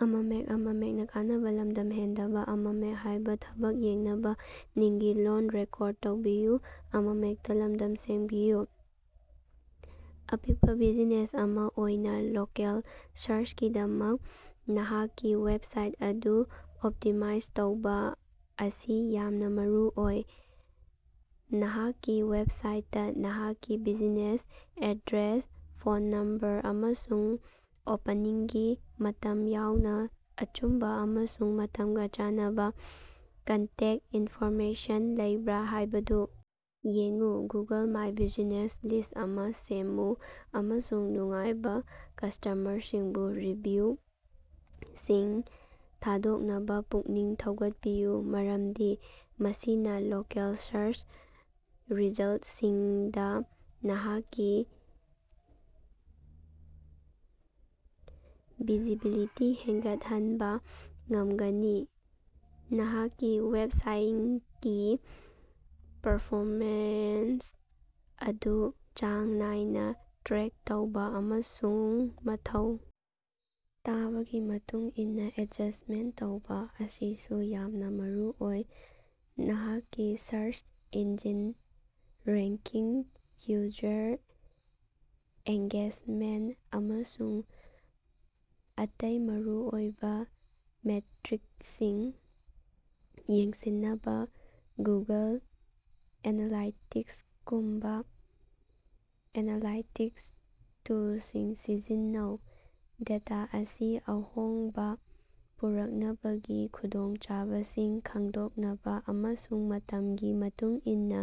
ꯑꯄꯤꯛꯄꯥ ꯕꯤꯖꯤꯅꯦꯁ ꯑꯃꯥ ꯑꯣꯏꯅꯥ ꯂꯣꯀꯦꯜ ꯁꯥꯔꯆꯀꯤꯗꯃꯛ ꯅꯍꯥꯛꯀꯤ ꯋꯦꯕꯁꯥꯏꯠ ꯑꯗꯨ ꯑꯣꯞꯇꯤꯃꯥꯏꯖ ꯇꯧꯕꯥ ꯑꯁꯤ ꯌꯥꯝꯅꯥ ꯃꯔꯨꯑꯣꯏ꯫ ꯅꯍꯥꯛꯀꯤ ꯋꯦꯕꯁꯥꯏꯠꯇꯥ ꯅꯍꯥꯛꯀꯤ ꯕ꯭ꯌꯨꯖꯤꯅꯦꯁ ꯑꯦꯗ꯭ꯔꯦꯁ ꯐꯣꯟ ꯅꯝꯕꯔ ꯑꯃꯁꯨꯡ ꯑꯣꯄꯅꯤꯡꯒꯤ ꯃꯇꯝ ꯌꯥꯎꯅꯥ ꯑꯆꯨꯝꯕꯥ ꯑꯃꯁꯨꯡ ꯃꯇꯝꯒꯥ ꯆꯥꯟꯅꯕꯥ ꯀꯟꯇꯦꯛ ꯏꯟꯐꯣꯔꯃꯦꯁꯟ ꯂꯩꯕ꯭ꯔꯥ ꯍꯥꯏꯕꯗꯨ ꯌꯦꯡꯎ꯫ ꯒꯨꯒꯜ ꯃꯥꯏ ꯕ꯭ꯌꯨꯖꯤꯅꯦꯁ ꯂꯤꯁ꯭ꯠ ꯑꯃꯥ ꯁꯦꯝꯃꯨ ꯑꯃꯁꯨꯡ ꯅꯨꯡꯉꯥꯏꯕꯥ ꯀꯁꯇꯃꯔꯁꯤꯡꯕꯨ ꯔꯤꯚꯤꯌꯨꯁꯤꯡ ꯊꯥꯗꯣꯛꯅꯕꯥ ꯄꯨꯛꯅꯤꯡ ꯊꯧꯒꯠꯄꯤꯌꯨ ꯃꯔꯝꯗꯤ ꯃꯁꯤꯅꯥ ꯂꯣꯀꯦꯜ ꯁꯥꯔꯆ ꯔꯤꯖꯜꯠꯁꯤꯡꯗꯥ ꯅꯍꯥꯛꯀꯤ ꯚꯤꯖꯤꯕꯤꯂꯤꯇꯤ ꯍꯦꯟꯒꯠꯍꯟꯕꯥ ꯉꯝꯒꯅꯤ꯫ ꯅꯍꯥꯛꯀꯤ ꯋꯦꯕꯁꯥꯏꯡꯀꯤ ꯄꯔꯐꯣꯃꯦꯟꯁ ꯑꯗꯨ ꯆꯥꯡ ꯅꯥꯏꯅꯥ ꯇ꯭ꯔꯦꯛ ꯇꯧꯕꯥ ꯑꯃꯁꯨꯡ ꯃꯊꯧ ꯇꯥꯕꯒꯤ ꯃꯇꯨꯡ ꯏꯟꯅꯥ ꯑꯦꯗꯖꯁ꯭ꯇꯃꯦꯟꯠ ꯇꯧꯕꯥ ꯑꯁꯤꯁꯨ ꯌꯥꯝꯅꯥ ꯃꯔꯨꯑꯣꯏ꯫ ꯅꯍꯥꯛꯀꯤ search engine ranking user engagement ꯑꯃꯁꯨꯡ ꯑꯇꯩ ꯃꯔꯨꯑꯣꯏꯕꯥ ꯃꯦꯇ꯭ꯔꯤꯛꯁꯤꯡ ꯌꯦꯡꯁꯤꯟꯅꯕꯥ ꯒꯨꯒꯜ ꯑꯦꯅꯥꯂꯥꯏꯇꯤꯛꯁꯒꯨꯝꯕꯥ ꯑꯦꯅꯥꯂꯥꯏꯇꯤꯛꯁ ꯇꯨꯜꯁꯤꯡ ꯁꯤꯖꯤꯟꯅꯧ꯫ ꯗꯦꯇꯥ ꯑꯁꯤ ꯑꯍꯣꯡꯕꯥ ꯄꯨꯔꯛꯅꯕꯒꯤ ꯈꯨꯗꯣꯡꯆꯥꯕꯁꯤꯡ ꯈꯪꯗꯣꯛꯅꯕꯥ ꯑꯃꯁꯨꯡ ꯃꯇꯝꯒꯤ ꯃꯇꯨꯡ ꯏꯟꯅꯥ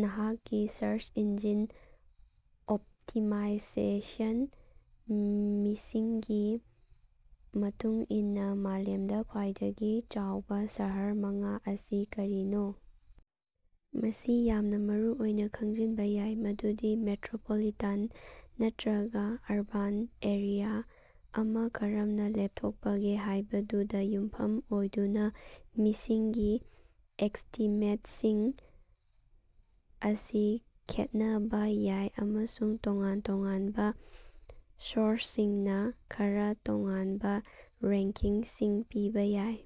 ꯅꯍꯥꯛꯀꯤ ꯁꯔꯆ ꯏꯟꯖꯤꯟ ꯑꯣꯞꯇꯤꯃꯥꯏꯖꯦꯁꯟ ꯃꯤꯁꯤꯡꯒꯤ ꯃꯇꯨꯡ ꯏꯟꯅꯥ ꯃꯥꯂꯦꯝꯗꯥ ꯈ꯭ꯋꯥꯏꯗꯒꯤ ꯆꯥꯎꯕꯥ ꯁꯍꯔ ꯃꯉꯥ ꯑꯁꯤ ꯀꯔꯤꯅꯣ? ꯃꯁꯤ ꯌꯥꯝꯅꯥ ꯃꯔꯨꯑꯣꯏꯅꯥ ꯈꯪꯖꯤꯟꯕꯥ ꯌꯥꯏ ꯃꯗꯨꯗꯤ ꯃꯦꯇ꯭ꯔꯣꯄꯣꯂꯤꯇꯥꯟ ꯅꯠꯇ꯭ꯔꯒꯥ ꯑꯔꯕꯥꯟ ꯑꯦꯔꯤꯌꯥ ꯑꯃꯥ ꯀꯔꯝꯅꯥ ꯂꯦꯞꯊꯣꯛꯄꯒꯦ ꯍꯥꯏꯕꯗꯨꯗꯥ ꯌꯨꯝꯐꯝ ꯑꯣꯏꯗꯨꯅꯥ ꯃꯤꯁꯤꯡꯒꯤ ꯑꯦꯁꯇꯤꯃꯦꯠꯁꯤꯡ ꯑꯁꯤ ꯈꯦꯠꯅꯕꯥ ꯌꯥꯏ ꯑꯃꯁꯨꯡ ꯇꯣꯉꯥꯟ ꯇꯣꯉꯥꯟꯕꯥ ꯁꯣꯔꯁꯁꯤꯡꯅꯥ ꯈꯔꯥ ꯇꯣꯉꯥꯟꯕꯥ ꯔꯦꯡꯀꯤꯡꯁꯤꯡ ꯄꯤꯕꯥ ꯌꯥꯏ꯫